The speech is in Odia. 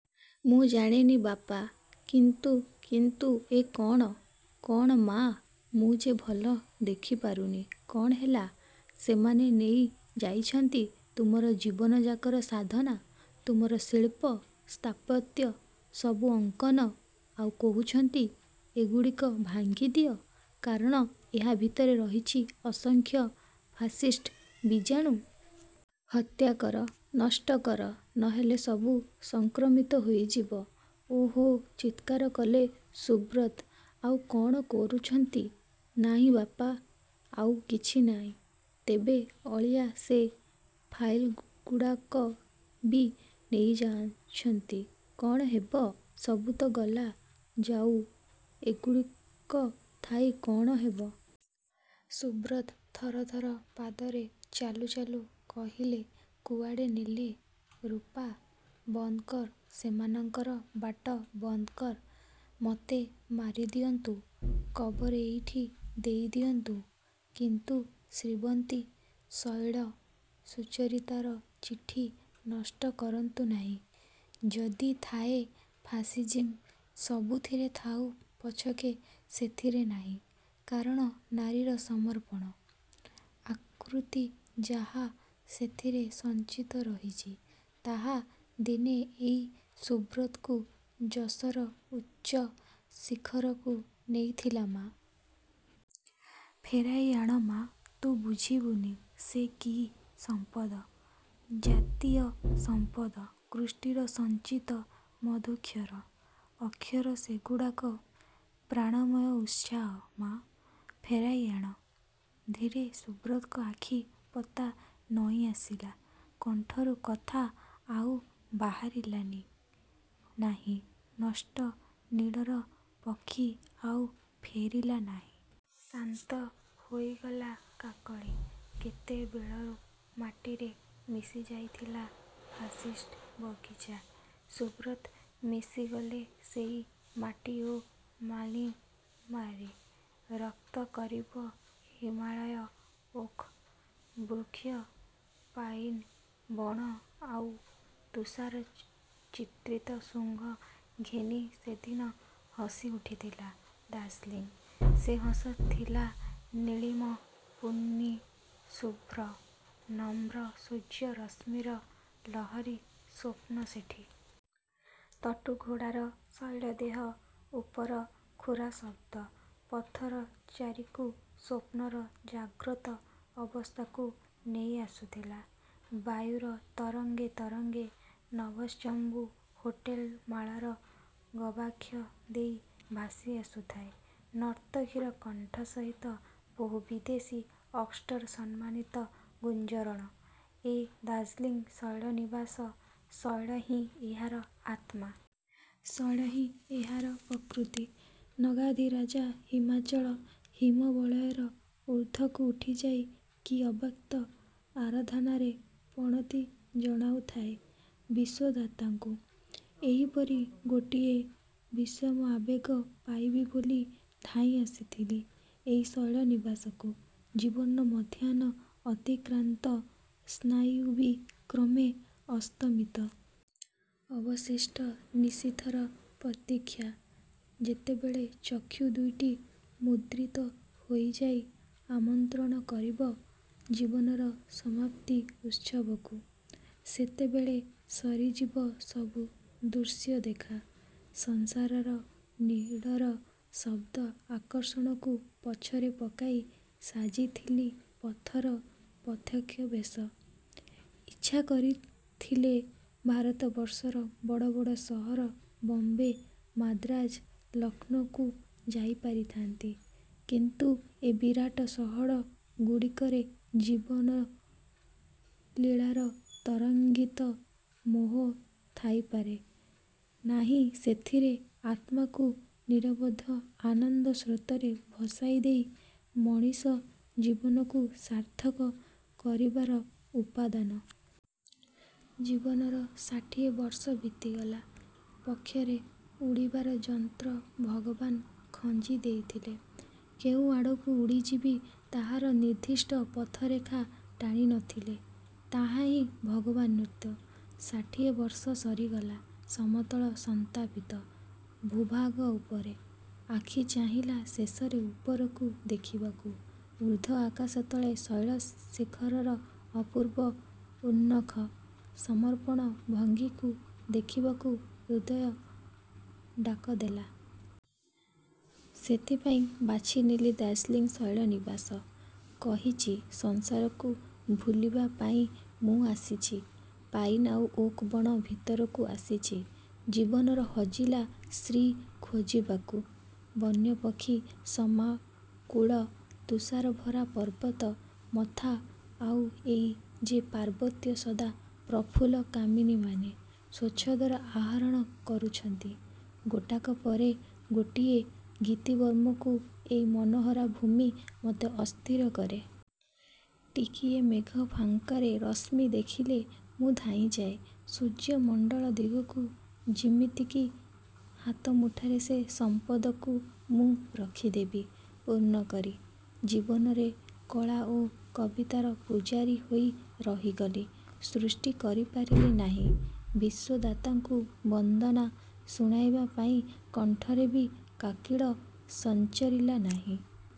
' -ମୁଁ ଜାଣେନି ବାପା, କିନ୍ତୁ… କିନ୍ତୁ… ଏ କଅଣ? ' -'କଅଣ ମାଆ, ମୁଁ ଯେ ଭଲ ଦେଖିପାରୁନି.. କଅଣ ହେଲା? ' -'ସେମାନେ ନେଇ ଯାଇଛନ୍ତି, ତୁମର ଜୀବନଯାକର ସାଧନା… ତୁମର ଶିଳ୍ପ, ସ୍ଥାପତ୍ୟ, ସବୁ ଅଙ୍କନ, ଆଉ କହୁଛନ୍ତି.. ଏଗୁଡ଼ାକ ଭାଙ୍ଗିଦିଅ, କାରଣ ଏହା ଭିତରେ ରହିଛି ଅସଂଖ୍ୟ ଫାସିଷ୍ଟ ବୀଜାଣୁ.. ହତ୍ୟାକର, ନଷ୍ଟକର….. ନହେଲେ ସବୁ ସଂକ୍ରମିତ ହୋଇଯିବ। ' 'ଓଃ-ଓଃ'-ଚିତ୍କାର କଲେ ସୁବ୍ରତ… 'ଆଉ କଅଣ କରୁଛନ୍ତି? ' -'ନାହିଁ ବାପା, ଆଉ କିଛି ନାହିଁ… ତେବେ ଅଳିଆ ସେ ଫାଇଲ୍ଗୁଡ଼ାକ ବି ନେଇଯାଇଛନ୍ତି… କଅଣ ହେବ, ସବୁ ତ ଗଲା-ଯାଉ, ଏଗୁଡ଼ାକ ଥାଇ କଅଣ ହେବ? ' ସୁବ୍ରତ ଥରଥର ପାଦରେ ଚାଲୁ ଚାଲୁ କହିଲେ–-'କୁଆଡ଼େ ନେଲେ? ରୂପା, ବନ୍ଦକର, ସେମାନଙ୍କର ବାଟ ବନ୍ଦକର। ମତେ ମାରିଦିଅନ୍ତୁ, କବର ଏଇଠି ଦେଇଦିଅନ୍ତୁ; କିନ୍ତୁ ଶ୍ରାବନ୍ତୀ, ଶୈଳ, ସୁଚରିତାର ଚିଠି ନଷ୍ଟ କରନ୍ତୁନାହିଁ। ଯଦି ଥାଏ ଫାସିଜିମ୍, ସବୁଥିରେ ଥାଉ ପଛକେ ସେଥିରେ ନାହିଁ; କାରଣ ନାରୀର ସମର୍ପଣ, ଆକୂତି ଯାହା ସେଥିରେ ସଞ୍ଚିତ ରହିଛି, ତାହା ଦିନେ ଏଇ ସୁବ୍ରତକୁ ଯଶର ଉଚ୍ଚ ଶିଖରକୁ ନେଇଥିଲା ମାଆ! ଫେରାଇ ଆଣ ମାଆ, ତୁ ବୁଝିବୁନି, ସେ କି ସଂପଦ, ଜାତୀୟ ସମ୍ପଦ, କୃଷ୍ଟିର ସଞ୍ଚିତ ମଧୁକ୍ଷର। ଅକ୍ଷର ସେଗୁଡ଼ାକ। ପ୍ରାଣମୟ ଉତ୍ସାହ, ମାଆ! ଫେରାଇ ଆଣ। ' ଧୀରେ ସୁବ୍ରତଙ୍କ ଆଖି ପତା ନଇଁଆସିଲା। କଣ୍ଠରୁ କଥା ଆଉ ବାହାରିଲା ନାହିଁ। ନଷ୍ଟ ନୀଡ଼ର ପକ୍ଷୀ ଆଉ ଫେରିଲାନାହିଁ। ଶାନ୍ତ ହୋଇଗଲା କାକଳି। କେତେବେଳୁ ମାଟିରେ ମିଶି ଯାଇଥିଲା ଫାସିଷ୍ଟ ବଗିଚା। ସୁବ୍ରତ ମିଶିଗଲେ ସେଇ ମାଟି ଓ ମ୍ଲାନିମାରେ..। ରକ୍ତ କରବୀ ହିମାଳୟ, ଓକ୍। ବୃକ୍ଷ, ପାଇନ୍ ବଣ ଆଉ ତୁଷାର ଚିତ୍ରିତ ଶୃଙ୍ଗ ଘେନି ସେଦିନ ହସିଉଠୁଥିଲା ଦାର୍ଜିଲିଙ୍ଗ। ସେ ହସ ଥିଲା ନୀଳିମ, ପୁଣି ଶୁଭ୍ର, ନମ୍ର… ସୂର୍ଯ୍ୟରଶ୍ମିର ଲହରୀ ସ୍ଵପ୍ନ ସେଠି। ତଟୁ ଘୋଡ଼ାର ଶୈଳଦେହ ଉପର ଖୁରାଶବ୍ଦ ପଥଚାରୀକୁ ସ୍ୱପ୍ନର ଜାଗ୍ରତ ଅବସ୍ଥାକୁ ନେଇଆସୁଥିଲା। ବାୟୁର ତରଙ୍ଗେ ତରଙ୍ଗେ ନଭଶ୍ଚୁମ୍ବୀ ହୋଟେଲମାଳାର ଗବାକ୍ଷ ଦେଇ ଭାସିଆସୁଥାଏ ନର୍ତ୍ତକୀର କଣ୍ଠ ସହିତ ବହୁ ବିଦେଶୀ ଅର୍କେଷ୍ଟ୍ରାର ସମନ୍ୱିତ ଗୁଞ୍ଜରଣ। ଏ ଦାର୍ଜିଲିଙ୍ଗ ଶୈଳ-ନିବାସ। ଶୈଳ ହିଁ ଏହାର ଆତ୍ମା। ଶୈଳ ହିଁ ଏହାର ପ୍ରକୃତି। ନଗାଧିରାଜ ହିମାଚଳ ହିମ ବଳୟର ଉର୍ଦ୍ଧ୍ୱକୁ ଉଠିଯାଇ କି ଅବ୍ୟକ୍ତ ଆରାଧନାରେ ପ୍ରଣତି ଜଣାଉଥାଏ ବିଶ୍ୱଧାତାଙ୍କୁ। ଏହିପରି ଗୋଟାଏ ବିଶ୍ୱାତ୍ମ ଆବେଗ ପାଇବି ବୋଲି ଧାଇଁ ଆସିଥିଲି ଏହି ଶୈଳନିବାସକୁ। ଜୀବନର ମଧ୍ୟାହ୍ନ ଅତିକ୍ରାନ୍ତ। ସାୟାହ୍ନ ବି କ୍ରମେ ଅସ୍ତମିତ। ଅବଶିଷ୍ଟ ନିଶୀଥର ପ୍ରତୀକ୍ଷା। ଯେତେବେଳେ ଚକ୍ଷୁ ଦୁଇଟି ମୁଦ୍ରିତ ହୋଇଯାଇ ଆମନ୍ତ୍ରଣ କରିବ ଜୀବନର ସମାପ୍ତି ଉତ୍ସବକୁ, ସେତେବେଳେ ସରିଯିବ ସବୁ ଦୃଶ୍ୟ ଦେଖା। ସଂସାର ନୀଡ଼ର ଶବ୍ଦ ଆକର୍ଷଣକୁ ପଛରେ ପକାଇ ସାଜିଥିଲି ପଥର ପଥିକବେଶ। ଇଚ୍ଛା କରିଥିଲେ ଭାରତବର୍ଷର ବଡ଼ ବଡ଼ ସହର ବମ୍ବେ, ମାନ୍ଦ୍ରାଜ, ଲକ୍ଷ୍ନୌକୁ ଯାଇପାରିଥାନ୍ତି; କିନ୍ତୁ ଏ ବିରାଟ ସହରଗୁଡ଼ାକରେ ଜୀବନ-ଲୀଳାର ତରଙ୍ଗାୟିତ ମୋହ ଥାଇପାରେ, ନାହିଁ ସେଥିରେ ଆତ୍ମାକୁ ନିରବଧି ଆନନ୍ଦ ସ୍ରୋତରେ ଭସାଇ ଦେଇ ମଣିଷଜୀବନକୁ ସାର୍ଥକ କରିବାର ଉପାଦାନ। ଜୀବନର ଷାଠିଏ ବର୍ଷ ବିତିଗଲା। ପକ୍ଷରେ ଉଡ଼ିବାର ଯନ୍ତ୍ର ଭଗବାନ ଖଞ୍ଜି ଦେଇଥିଲେ। କେଉଁଆଡ଼କୁ ଉଡ଼ିଯିବ, ତାହାର ନିର୍ଦ୍ଦିଷ୍ଟ ପଥରେଖା ଟାଣିନଥିଲେ। ତାହାହିଁ ଭଗବାନତ୍ଵ। ଷାଠିଏ ବର୍ଷ ସରିଗଲା ସମତଳ ସନ୍ତାପିତ ଭୂଭାଗ ଉପରେ। ଆଖି ଚାହିଁଲା ଶେଷରେ ଉପରକୁ ଦେଖିବାକୁ। ଉର୍ଦ୍ଧ୍ୱ ଆକାଶ ତଳେ ଶୈଳ ଶିଖରର ଅପୂର୍ବ ଉନ୍ମୁଖ ସମର୍ପଣ ଭଙ୍ଗୀକୁ ଦେଖିବାକୁ ହୃଦୟ ଡାକଦେଲା। ସେଥିପାଇଁ ବାଛିନେଲି ଦାର୍ଜିଲିଙ୍ଗ ଶୈଳନିବାସ। କହିଛି, ସଂସାରକୁ ଭୁଲିବା ପାଇଁ ମୁଁ ଆସିଛି। ପାଇନ୍ ଆଉ ଓକ୍ ବଣ ଭିତରକୁ ଆସିଛି ଜୀବନର ହଜିଲା ଶ୍ରୀ ଖୋଜିବାକୁ। ବନ୍ୟପକ୍ଷୀ ସମାକୁଳ ତୁଷାରଭରା ପର୍ବତ ମଥା ଆଉ ଏଇ ଯେ ପାର୍ବତ୍ୟ ସଦା ପ୍ରଫୁଲ୍ଲ କାମିନୀମାନେ ସ୍ଵଚ୍ଛନ୍ଦରେ ଆରୋହଣ କରୁଛନ୍ତି ଗୋଟାକ ପରେ ଗୋଟାଏ ଗିତିବର୍ମକୁ–ଏଇ ମନୋହର ଭୂମି ମତେ ଅସ୍ଥିର କରେ। ଟିକିଏ ମେଘ ଫାଙ୍କରେ ରଶ୍ମି ଦେଖିଲେ ମୁଁ ଧାଇଁଯାଏ ସୂର୍ଯ୍ୟମଣ୍ଡଳ ଦିଗକୁ ଯିମିତିକି ହାତମୁଠାରେ ସେ ସମ୍ପଦକୁ ମୁଁ ରଖିଦେବି ପୂର୍ଣ୍ଣକରି। ଜୀବନରେ କଳା ଓ କବିତାର ପୂଜାରୀ ହୋଇ ରହିଗଲି। ସୃଷ୍ଟି କରିପାରିଲି ନାହିଁ। ବିଶ୍ଵଧାତାଙ୍କୁ ବନ୍ଦନା ଶୁଣାଇବା ପାଇଁ କଣ୍ଠରେ ବି କାକଳି ସଞ୍ଚରିଲା ନାହିଁ।